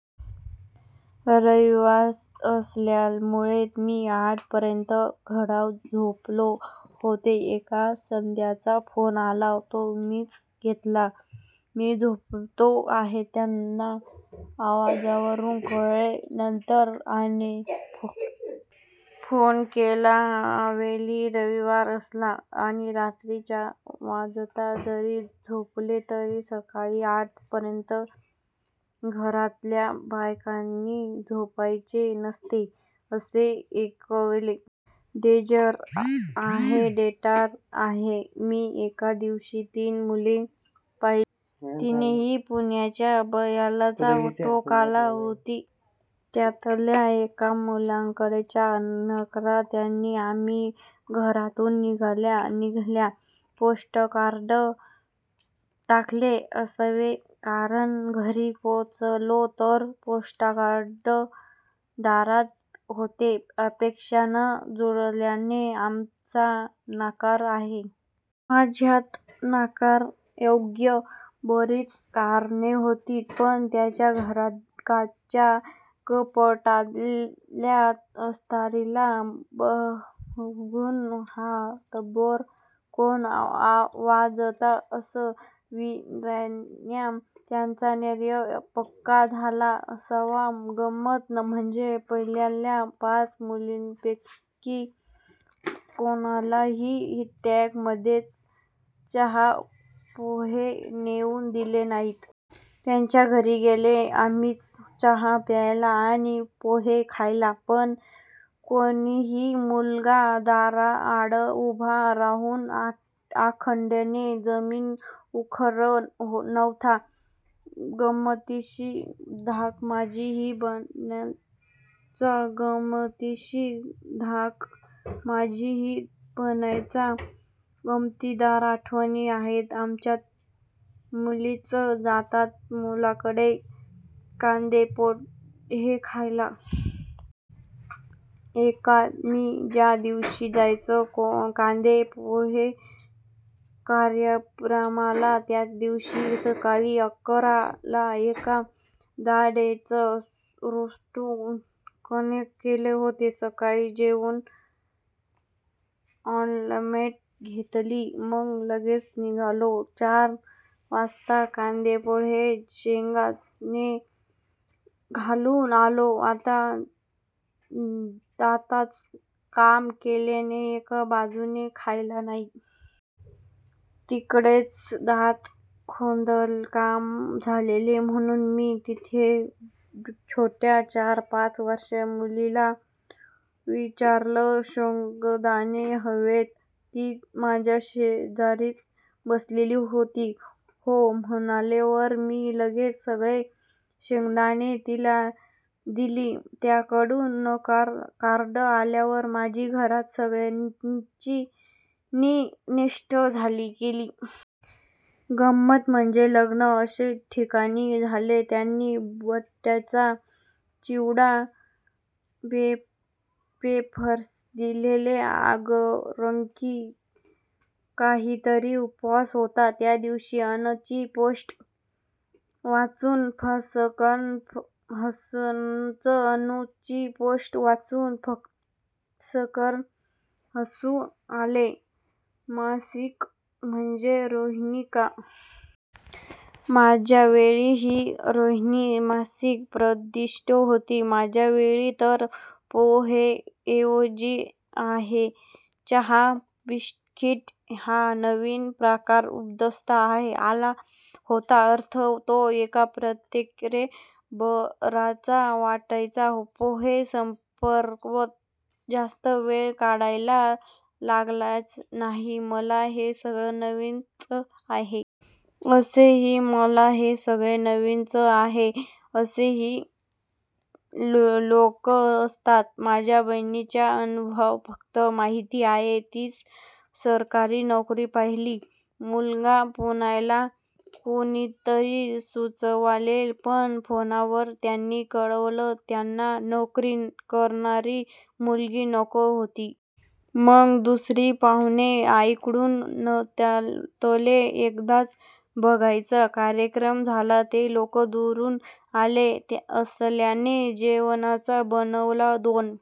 रविवार असल्यामुळे मी आठ पर्यंत गाढ झोपले होते. एका स्थळाचा फोन आला, तो मीच घेतला. मी झोपेत आहे हे त्यांना आवाजावरून कळले. नंतर आईने फोन केला त्यावेळी "रविवार असला आणि रात्री चार वाजता जरी झोपले तरी सकाळी आठ पर्यंत घरातल्या बायकांनी झोपायचे नसते ", असे ऐकवले. डेंजर आहे डेंजर आहे मी एका दिवशी तीन मुले पाहिली. तिन्ही पुण्याच्या बऱ्याच टोकाला होती. त्यातल्या एका मुलांकडच्यांचा नकार त्यांनी आम्ही घरातून निघाल्या निघाल्या पोस्टकार्ड टाकले असावे, कारण घरी पोहचलो तर पोस्टकार्ड दारात होते 'अपेक्षा न जुळल्याने आमचा नकार आहे, कृपया आशेत राहू नये. " माझ्यात नाकारण्या योग्य बरीच कारणे होती. पण त्यांच्या घरात काचेच्या कपाटातल्या सतारीला बघून 'हा तंबोरा कोण वाजवतं' असं विचरल्याने त्यांचा निर्णय पक्का झाला असावा गंमत म्हणजे पाहिलेल्या पाच मुलांपैकी कोणालाही ट्रे मध्ये चहा पोहे नेऊन दिले नाहीत. त्यांच्या घरी गेल्याने आम्हीच चहा प्यायला आणि पोहे खाल्ला. पण कोणीही मुलगा दाराआड उभा राहून अंगठ्याने जमीन उकरत नव्हता. गमतीशीर धागा, माझ्याही बऱ्याच गमतीशीर धागा, माझ्याही बऱ्याच गमतीदार आठवणी आहेत. आमच्यात मुलीच जातात मुलांकडे कांदेपोहे खायला. एकदा मी ज्या दिवशी जायचं कांदेपोहे कार्यक्रमाला त्याच दिवशी सकाळी अकर ला एका दाढेचं रूट कँनल केलं होतं. सकाळी जेऊनच अपॉइंटमेंट घेतलेली. मग लगेच निघालो. चार वाजता कांदेपोहे शेंगदाणे घालून आले. आता दाताच काम केल्याने एक बाजूने खायचं नाही, मी जास्त करून डाव्या बाजूने खाते. तिकडचच दात खोदकाम झालेलं. म्हणून मी तिथल्या छोट्या चार ,पाच वर्षांच्या मुलीला विचारलं शेंगदाणे हवेत? ती माझ्यशेजारीच बसलेली. ती हो म्हणल्यावर मी लगेच सगळे शेंगदाणे तिला दिले. त्यांच्याकडून नकाराचं कार्ड आल्यावर माझी घरात सगळ्यांनी चेष्टा केलेली की मुलीला शेंगदाणे खाता येत नाहीत म्हणजे दात खोटे असावेत. गम्मत म्हणजे लग्न अशा ठिकाणी झालं त्यांनी बटाट्याचा चिवडा, वेफर्स दिलेले. अंगारकी की काहीतरी उपवास होता त्या दिवशी. अनु ची पोस्ट वाचून फसकन हसूच अनु ची पोस्ट वाचून फसकन हसूच आले. मासिक म्हणजे रोहिणी का? माझ्यावेळी ही रोहिणी मासिक प्रसिध्द होते. माझ्यावेळी तर पोहे ऐवजी चहा बिस्किटे हा नवीन प्रकार उदयास आला होता. अर्थात तो एक प्रकारे बराच वाटायचा. पोहे संपवत जास्त वेळ काढायला लागायचा नाही. मला हे सगळं नवीन च आहे! असेही मला हे सगळं नवीन च आहे! असेही लोकं असतात?? माझ्या बहिणीचा अनुभव फक्त माहिती आहे.. तीची सरकारी नोकरी.. पहिला मुलगा पुण्यातला.. कुणीतरी सुचवलेला.. पण फोनवरच त्यांनी कळवलं त्यांना नोकरी करणारी मुलगी नको होती. मग दुसरे पाहुणे आईकडून नात्यातले एकदाच बघायचा कार्यक्रम झाला. ते लोकं दुरून आले असल्याने जेवणच बनवलं, दोन--